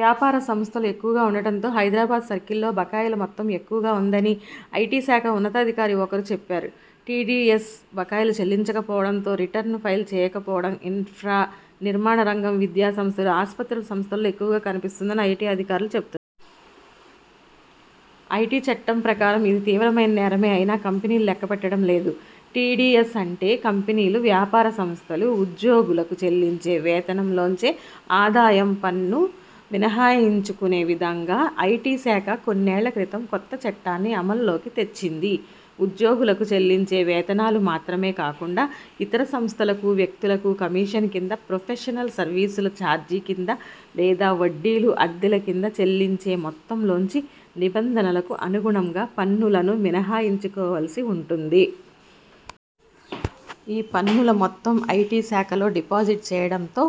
వ్యాపార సంస్థలు ఎక్కువగా ఉండడంతో హైదరాబాద్ సర్కిల్లో బకాయిల మొత్తం ఎక్కువగా ఉందని ఐటి శాఖ ఉన్నతాధికారి ఒకరు చెప్పారు. టిడిఎస్ బకాయిలు చెల్లించకపోవడం, రిటర్న్లు ఫైల్ చేయక పోవడం ఇన్ఫ్రా, నిర్మాణ రంగం, విద్యా సంస్థలు, ఆస్పత్రుల సంస్థల్లో ఎక్కువగా కనిపిస్తోందని ఐటి అధికారులు చెబుతున్నారు. ఐటి చట్టం ప్రకారం ఇది తీవ్రమైన నేరమే అయినా కంపెనీలు లెక్కపెట్టడం లేదు. టిడిఎస్ అంటే.. కంపెనీలు, వ్యాపార సంస్థలు ఉద్యోగులకు చెల్లించే వేతనంలోంచే ఆదాయం పన్నును మినహాయించుకునే విధంగా ఐటి శాఖ కొన్నేళ్ల క్రితం కొత్త చట్టాన్ని అమల్లోకి తెచ్చింది. ఉద్యోగులకు చెల్లించే వేతనాలు మాత్రమే కాకుండా ఇతర సంస్థలకు వ్యక్తులకు కమీషన్ కింద, ప్రొఫెషనల్ సర్వీసుల చార్జీ కింద లేదా వడ్డీలు, అద్దెల కింద చెల్లించే మొత్తంలోంచి నిబంధనలకు అనుగుణంగా పన్నులను మినహాయించుకోవాల్సి ఉంటుంది. ఈ పన్నుల మొత్తం ఐటి శాఖలో డిపాజిట్ చేయడంతో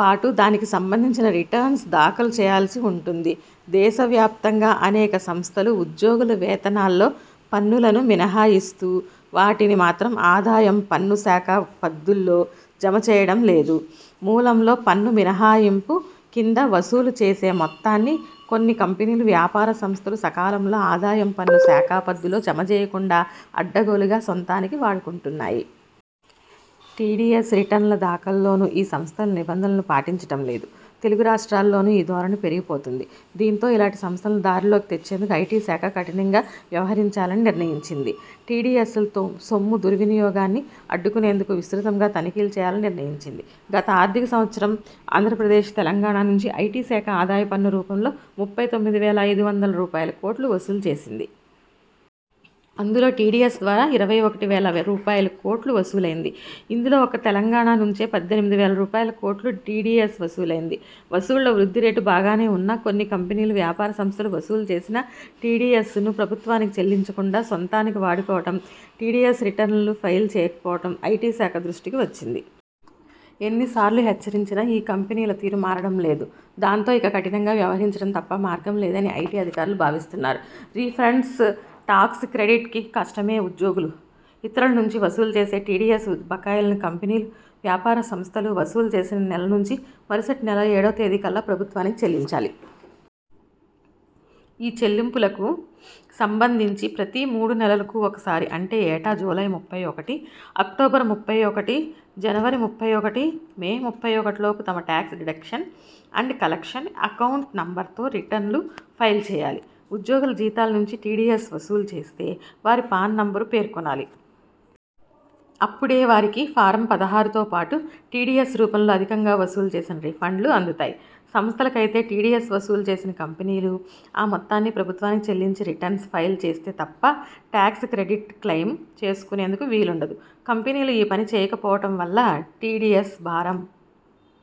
పాటు దానికి సంబంధించిన రిటర్న్స్ దాఖలు చేయాల్సి ఉంటుంది. దేశవ్యాప్తంగా అనేక సంస్థలు ఉద్యోగుల వేతనాల్లో పన్నులను మినహాయిస్తూ వాటిని మాత్రం ఆదాయం పన్ను శాఖ పద్దుల్లో జమచేయడం లేదు. మూలంలో పన్ను మినహాయింపు కింద వసూలు చేసే మొత్తాన్నీ కొన్ని కంపెనీలు, వ్యాపార సంస్థలు సకాలంలో ఆదాయం పన్ను శాఖ పద్దులో జమచేయకుండా అడ్డగోలుగా సొంతానికి వాడుకుంటున్నాయి. టిడిఎస్ రిటర్న్ల దాఖల్లోనూ ఈ సంస్థలు నిబంధనలను పాటించడంలేదు. తెలుగు రాష్ట్రాల్లోనూ ఈ ధోరణి పెరిగిపోతోంది. దీంతో ఇలాంటి సంస్థలను దారిలోకి తెచ్చేందుకు ఐటి శాఖ కఠినంగా వ్యవహరించాలని నిర్ణయించింది. టిడిఎస్ సొమ్ము దుర్వినియోగాన్ని అడ్డుకునేందుకు విస్తృతంగా తనిఖీలు చేయాలని నిర్ణయించింది. గత ఆర్థిక సంవత్సరం ఆంధ్రప్రదేశ్, తెలంగాణ నుంచి ఐటి శాఖ ఆదాయ పన్ను రూపం లో ముప్పై తొమ్మిది వేల ఐదు వందల రూపాయలుకోట్లు వసూలు చేసింది. అందు లో టిడిఎస్ ద్వారానే ఇరవై ఒకటి వేల రూపాయలుకోట్లు వసూలైంది. ఇందులో ఒక్క తెలంగాణ నుంచే పద్దెనిమిది వేల రూపాయలుకోట్ల టిడిఎస్ వసూలైంది. వసూళ్ల వృద్ధి రేటు బాగానే ఉన్నా కొన్ని కంపెనీలు, వ్యాపార సంస్థలు వసూలు చేసిన టిడిఎ్సను ప్రభుత్వానికి చెల్లించకుండా సొంతానికి వాడుకోవడం, టిడిఎస్ రిటర్న్లు ఫైల్ చేయకపోవడం ఐటి శాఖ దృష్టికి వచ్చింది. ఎన్నిసార్లు హెచ్చరించినా ఈ కంపెనీల తీరు మారడం లేదు. దాంతో ఇక కఠినంగా వ్యవహరించడం తప్ప మార్గం లేదని ఐటి అధికారులు భావిస్తున్నారు. రీఫండ్స్, టాక్స్ క్రెడిట్కీ కష్టమే ఉద్యోగులు, ఇతరుల నుంచి వసూలు చేసే టిడిఎస్ బకాయిలను కంపెనీలు, వ్యాపార సంస్థలు వసూలు చేసిన నెల నుంచి మరుసటి నెల ఏడో తేదీకల్లా ప్రభుత్వానికి చెల్లించాలి. ఈ చెల్లింపులకు సంబంధించి ప్రతి మూడు నెలలకు ఒకసారి అంటే ఏటా జూలై ముప్పై ఒకటి, అక్టోబర్ ముప్పై ఒకటి, జనవరి ముప్పై ఒకటి, మే ముప్పై ఒకటిలోపు తమ tax deduction and collection account నంబర్తో రిటర్న్లు ఫైల్ చేయాలి. ఉద్యోగుల జీతాల నుంచి టిడిఎస్ వసూలు చేస్తే వారి పాన్ నంబరూ పేర్కొనాలి. అపుడే వారికి ఫారం-పదహారుతోపాటు టిడిఎస్ రూపంలో అధికంగా వసూలు చేసిన రిఫండ్లు అందుతాయి. సంస్థలకైతే టిడిఎస్ వసూ లు చేసిన కంపెనీలు ఆ మొత్తాన్ని ప్రభుత్వానికి చెల్లించి రిటర్న్ ఫైల్ చేస్తే తప్ప టాక్స్ క్రెడిట్ క్లెయిమ్ చేసుకునేందుకు వీలుండదు. 'కంపెనీలు ఈ పని చేయక పోవడం వల్ల టిడిఎస్ భారం